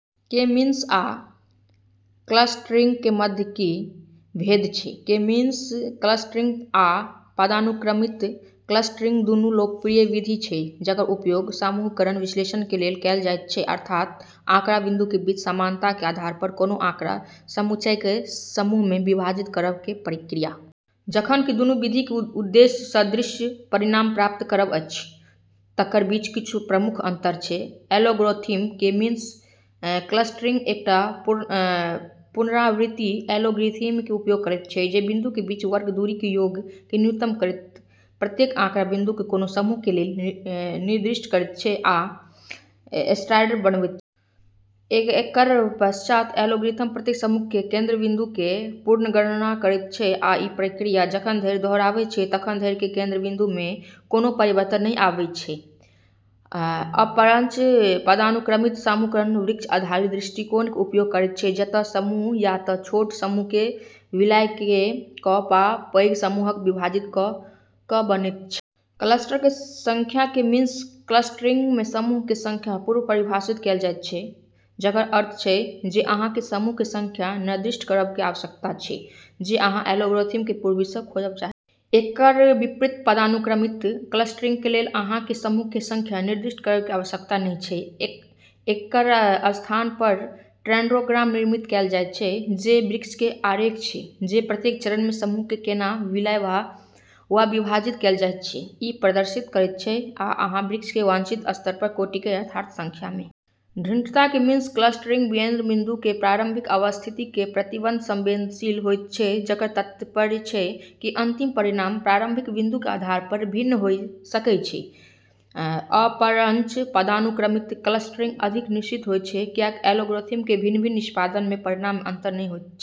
K-means आ clustering के मध्य की भेद छै? के-मीन्स क्लस्टरिंग आ पदानुक्रमित क्लस्टरिंग दुनू लोकप्रिय विधि छै जकर उपयोग समूहीकरण विश्लेषण के लेल कएल जाइत छै, अर्थात आँकड़ा बिंदु के बीच समानता के आधार पर कोनो आँकड़ा-समुच्चय के समूह में विभाजित करब के प्रक्रिया। जखन कि दुनु विधि के उद्देश्य सदृश परिणाम प्राप्त करब अछि, तकर बीच किछु प्रमुख अंतर छै: एल्गोरिथ्म: के-मीन्स क्लस्टरिंग एकटा पुनरावृत्ति एल्गोरिथ्म के उपयोग करैत छै जे बिंदु के बीच वर्ग दूरी के योग के न्यूनतम करैत प्रत्येक आँकड़ा बिंदु के कोनो समूह के लेल निर्दिष्ट करैत छै आ सेंट्रायड बनबैत छै। एककर पश्चात एल्गोरिथ्म प्रत्येक समूह के केंद्रबिंदु के पुनर्गणना करैत छै आ ई प्रक्रिया तखन धरि दोहराबैत छै जखन धरि कि केंद्रबिंदु में कोनो परिवर्तन नहि आबै छै। अपरंच, पदानुक्रमित समूहीकरण वृक्ष आधारित दृष्टिकोण के उपयोग करैत छै, जतय समूह या तँ छोट समूह के विलय क' क' वा पैघ समूहकेँ विभाजित क' क' बनैत छै, जे समानता मापन के आधार पर होइत छै। क्लस्टर के संख्या: के-मीन्स क्लस्टरिंग में, समूह के संख्या पूर्व-परिभाषित कएल जाइत छै, जकर अर्थ छै जे अहाँ के समूह के संख्या निर्दिष्ट करब के आवश्यकता छै जे अहाँ एल्गोरिथ्म के पूर्वहि सँ खोजब चाहै छी। एककर विपरीत, पदानुक्रमित क्लस्टरिंग के लेल अहाँ के समूह के संख्या निर्दिष्ट करब के आवश्यकता नहि छै। एककर स्थान पर डेंड्रोग्राम निर्मित कएल जाइत छै, जे वृक्ष के आरेख छै जे प्रत्येक चरण में समूह के केना विलय वा विभाजित कएल जाइत छै, ई प्रदर्शित करैत छै, आ अहाँ वृक्ष के वांछित स्तर पर काटि कऽ यथार्थ संख्या मे समूह चयन कऽ सकै छी। दृढ़ता: के-मीन्स क्लस्टरिंग केंद्रबिंदु के प्रारंभिक अवस्थिति के प्रति संवेदनशील होइत छै, जकर तात्पर्य छै कि अंतिम परिणाम प्रारंभिक बिंदु के आधार पर भिन्न होय सकै छै। अपरंच, पदानुक्रमित क्लस्टरिंग अधिक निश्चित होइत छै, किएक एल्गोरिथ्म के भिन्न-भिन्न निष्पादन में परिणाम मे अंतर नहि होइत छै।